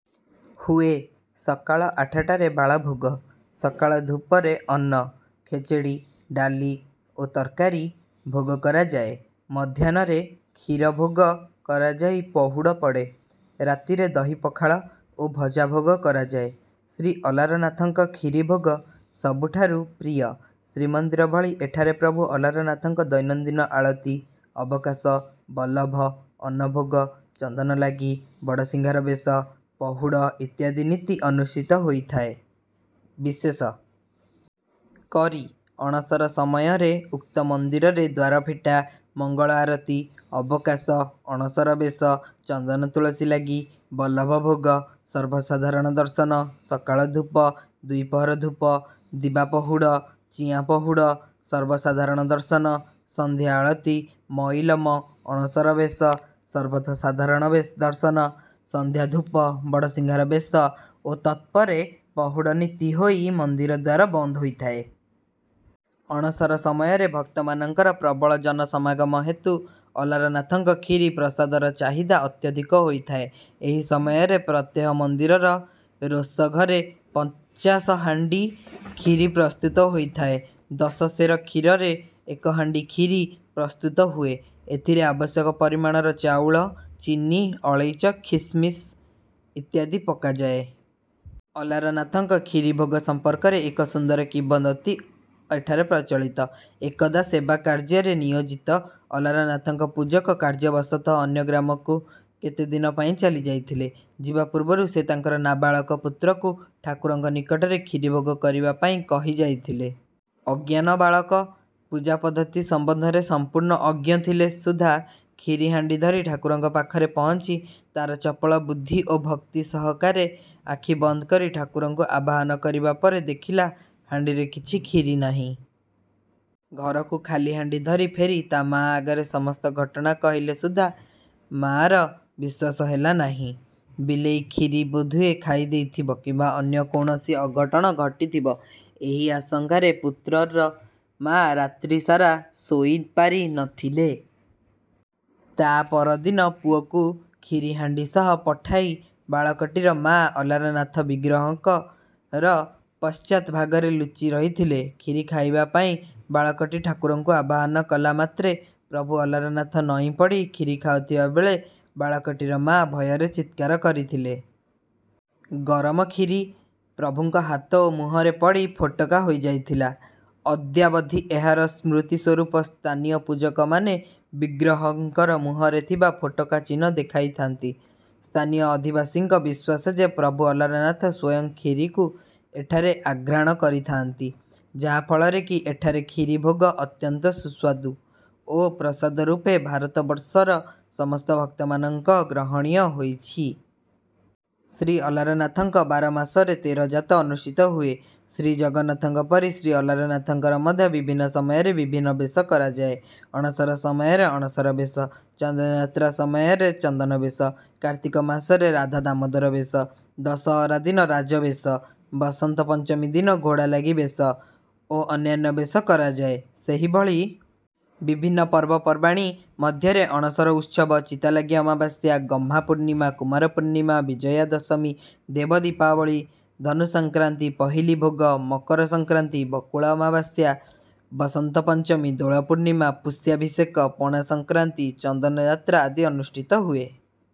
ହୁଏ। ସକାଳ ଆଠଟାରେ ବାଳଭୋଗ, ସକାଳ ଧୂପରେ ଅନ୍ନ, ଖେଚେଡ଼ି, ଡାଲି ଓ ତରକାରୀ ଭୋଗ କରାଯାଏ। ମାଧ୍ୟାହ୍ନରେ କ୍ଷୀର ଭୋଗ କରାଯାଇ ପହୁଡ଼ ପଡ଼େ। ରାତିରେ ଦହି ପଖାଳ ଓ ଭଜା ଭୋଗ କରାଯାଏ। ଶ୍ରୀଅଲାରନାଥଙ୍କ କ୍ଷୀରି ଭୋଗ ସବୁଠାରୁ ପ୍ରିୟ। ଶ୍ରୀମନ୍ଦିର ଭଳି ଏଠାରେ ପ୍ରଭୁ ଅଲାରନାଥଙ୍କ ଦୈନନ୍ଦିନ ଆଳତି, ଅବକାଶ, ବଲ୍ଲଭ, ଅନ୍ନଭୋଗ, ଚନ୍ଦନ ଲାଗି, ବଡ଼ସିଂହାର ବେଶ, ପହୁଡ଼ ଇତ୍ୟାଦି ନୀତି ଅନୁଷ୍ଠିତ ହୋଇଥାଏ। ବିଶେଷ କରି ଅଣସର ସମୟରେ ଉକ୍ତ ମନ୍ଦିରରେ ଦ୍ୱାର ଫିଟା, ମଙ୍ଗଳ ଆରତୀ, ଅବକାଶ, ଅଣସର ବେଶ, ଚନ୍ଦନ ତୁଳସୀ ଲାଗି, ବଲ୍ଲଭ ଭୋଗ, ସର୍ବସାଧାରଣ ଦର୍ଶନ, ସକାଳ ଧୂପ, ଦ୍ୱିପହର ଧୂପ, ଦିବା ପହୁଡ଼, ଚିଆଁ ପହୁଡ଼, ସର୍ବସାଧାରଣ ଦର୍ଶନ, ସନ୍ଧ୍ୟା ଆଳତି, ମଇଲମ, ଅଣସର ବେଶ, ସର୍ବସାଧାରଣ ଦର୍ଶନ, ସନ୍ଧ୍ୟା ଧୂପ, ବଡ଼ସିଂହାର ବେଶ ଓ ତତ୍ପରେ ପହୁଡ଼ ନୀତି ହୋଇ ମନ୍ଦିର ଦ୍ୱାର ବନ୍ଦ ହୋଇଥାଏ। ଅଣସର ସମୟରେ ଭକ୍ତମାନଙ୍କର ପ୍ରବଳ ଜନସମାଗମ ହେତୁ ଅଲାରନାଥଙ୍କ କ୍ଷୀରି ପ୍ରସାଦର ଚାହିଦା ଅତ୍ୟଧିକ ହୋଇଥାଏ। ଏହି ସମୟରେ ପ୍ରତ୍ୟହ ମନ୍ଦିରର ରୋଷଘରେ ପଞ୍ଚାଶ ହାଣ୍ଡି କ୍ଷୀରି ପ୍ରସ୍ତୁତ ହୋଇଥାଏ। ଦଶ ସେର କ୍ଷୀରରେ ଏକ ହାଣ୍ଡି କ୍ଷୀରି ପ୍ରସ୍ତୁତ ହୁଏ। ଏଥିରେ ଆବଶ୍ୟକ ପରିମାଣର ଚାଉଳ, ଚିନି, ଅଳେଇଚ, ଖିସମିସ ଇତ୍ୟାଦି ପକାଯାଏ। ଅଲାରନାଥଙ୍କ କ୍ଷୀରିଭୋଗ ସମ୍ପର୍କରେ ଏକ ସୁନ୍ଦର କିମ୍ବଦନ୍ତୀ ଏଠାରେ ପ୍ରଚଳିତ। ଏକଦା ସେବା କାର୍ଯ୍ୟରେ ନିୟୋଜିତ ଅଲାରନାଥଙ୍କ ପୂଜକ କାର୍ଯ୍ୟବଶତଃ ଅନ୍ୟ ଗ୍ରାମକୁ କେତେଦିନ ପାଇଁ ଚାଲିଯାଇଥିଲେ। ଯିବା ପୂର୍ବରୁ ସେ ତାଙ୍କର ନାବାଳକ ପୁତ୍ରକୁ ଠାକୁରଙ୍କ ନିକଟରେ କ୍ଷୀରିଭୋଗ କରିବା ପାଇଁ କହି ଯାଇଥିଲେ। ଅଜ୍ଞାନ ବାଳକ ପୂଜା ପଦ୍ଧତି ସମ୍ବନ୍ଧରେ ସମ୍ପୂର୍ଣ୍ଣ ଅଜ୍ଞ ଥିଲେ ସୁଦ୍ଧା କ୍ଷୀରି ହାଣ୍ଡି ଧରି ଠାକୁରଙ୍କ ପାଖରେ ପହଞ୍ଚି ତାର ଚପଳ ବୁଦ୍ଧି ଓ ଭକ୍ତି ସହକାରେ ଆଖି ବନ୍ଦ କରି ଠାକୁରଙ୍କୁ ଆବାହନ କରିବା ପରେ ଦେଖିଲା ହାଣ୍ଡିରେ କିଛି କ୍ଷୀରି ନାହିଁ। ଘରକୁ ଖାଲି ହାଣ୍ଡି ଧରି ଫେରି ତା' ମା' ଆଗରେ ସମସ୍ତ ଘଟଣା କହିଲେ ସୁଦ୍ଧା ମା'ର ବିଶ୍ୱାସ ହେଲା ନାହିଁ। ବିଲେଇ କ୍ଷୀରି ବୋଧହୁଏ ଖାଇ ଦେଇଥିବ କିମ୍ବା ଅନ୍ୟ କୌଣସି ଅଘଟଣ ଘଟିଥିବ, ଏହି ଆଶଙ୍କାରେ ପୁତ୍ରର ମା' ରାତ୍ରିସାରା ଶୋଇ ପାରି ନ ଥିଲେ। ତା' ପରଦିନ ପୁଅକୁ କ୍ଷୀରି ହାଣ୍ଡି ସହ ପଠାଇ ବାଳକଟିର ମାଆ ଅଲାରନାଥ ବିଗ୍ରହଙ୍କର ପଶ୍ଚାତ୍ ଭାଗରେ ଲୁଚି ରହିଥିଲେ। କ୍ଷୀରି ଖାଇବା ପାଇଁ ବାଳକଟି ଠାକୁରଙ୍କୁ ଆବାହନ କଲା ମାତ୍ରେ, ପ୍ରଭୁ ଅଲାରନାଥ ନଇଁ ପଡ଼ି କ୍ଷୀରି ଖାଉଥିବା ବେଳେ ବାଳକଟିର ମା' ଭୟରେ ଚିତ୍କାର କରିଥିଲେ। ଗରମ କ୍ଷୀରି ପ୍ରଭୁଙ୍କ ହାତ ଓ ମୁହଁରେ ପଡ଼ି ଫୋଟକା ହୋଇଯାଇଥିଲା। ଅଦ୍ୟାବଧି ଏହାର ସ୍ମୃତି ସ୍ୱରୂପ ସ୍ଥାନୀୟ ପୂଜକମାନେ ବିଗ୍ରହଙ୍କର ମୁହଁରେ ଥିବା ଫୋଟକା ଚିହ୍ନ ଦେଖାଇଥାନ୍ତି। ସ୍ଥାନୀୟ ଅଧିବାସୀଙ୍କ ବିଶ୍ୱାସ ଯେ, ପ୍ରଭୁ ଅଲାରନାଥ ସ୍ୱୟଂ କ୍ଷୀରିକୁ ଏଠାରେ ଆଘ୍ରାଣ କରିଥାଆନ୍ତି, ଯାହାଫଳରେ କି ଏଠାରେ କ୍ଷୀର ଭୋଗ ଅତ୍ୟନ୍ତ ସୁସ୍ୱାଦୁ ଓ ପ୍ରସାଦ ରୂପେ ଭାରତବର୍ଷର ସମସ୍ତ ଭକ୍ତମାନଙ୍କ ଗ୍ରହଣୀୟ ହୋଇଛି। ଶ୍ରୀ ଅଲାରନାଥଙ୍କ ବାରମାସରେ ତେର ଯାତ ଅନୁଷ୍ଠିତ ହୁଏ। ଶ୍ରୀ ଜଗନ୍ନାଥଙ୍କ ପରି ଶ୍ରୀ ଅଲାରନାଥଙ୍କର ମଧ୍ୟ ବିଭିନ୍ନ ସମୟରେ ବିଭିନ୍ନ ବେଶ କରାଯାଏ। ଅଣସର ସମୟରେ ଅଣସର ବେଶ, ଚନ୍ଦନ ଯାତ୍ରା ସମୟରେ ଚନ୍ଦନ ବେଶ, କାର୍ତ୍ତିକ ମାସରେ ରାଧାଦାମୋଦର ବେଶ, ଦଶହରା ଦିନ ରାଜବେଶ, ବସନ୍ତ ପଞ୍ଚମୀ ଦିନ ଘୋଡ଼ାଲାଗି ବେଶ ଓ ଅନ୍ୟାନ୍ୟ ବେଶ କରାଯାଏ। ସେହିଭଳି ବିଭିନ୍ନ ପର୍ବପର୍ବାଣି ମଧ୍ୟରେ ଅଣସର ଉତ୍ସବ, ଚିତାଲାଗି ଅମାବାସ୍ୟା, ଗହ୍ମାପୂର୍ଣ୍ଣିମା, କୁମାର ପୂର୍ଣ୍ଣିମା, ବିଜୟା ଦଶମୀ, ଦେବ ଦୀପାବଳୀ, ଧନୁ ସଂକ୍ରାନ୍ତି, ପହିଲି ଭୋଗ, ମକର ସଂକ୍ରାନ୍ତି, ବକୁଳ ଅମାବାସ୍ୟା, ବସନ୍ତ ପଞ୍ଚମୀ, ଦୋଳ ପୂର୍ଣ୍ଣିମା, ପୁଷ୍ୟାଭିଷେକ, ପଣାସଂକ୍ରାନ୍ତି, ଚନ୍ଦନ ଯାତ୍ରା ଆଦି ଅନୁଷ୍ଠିତ ହୁଏ।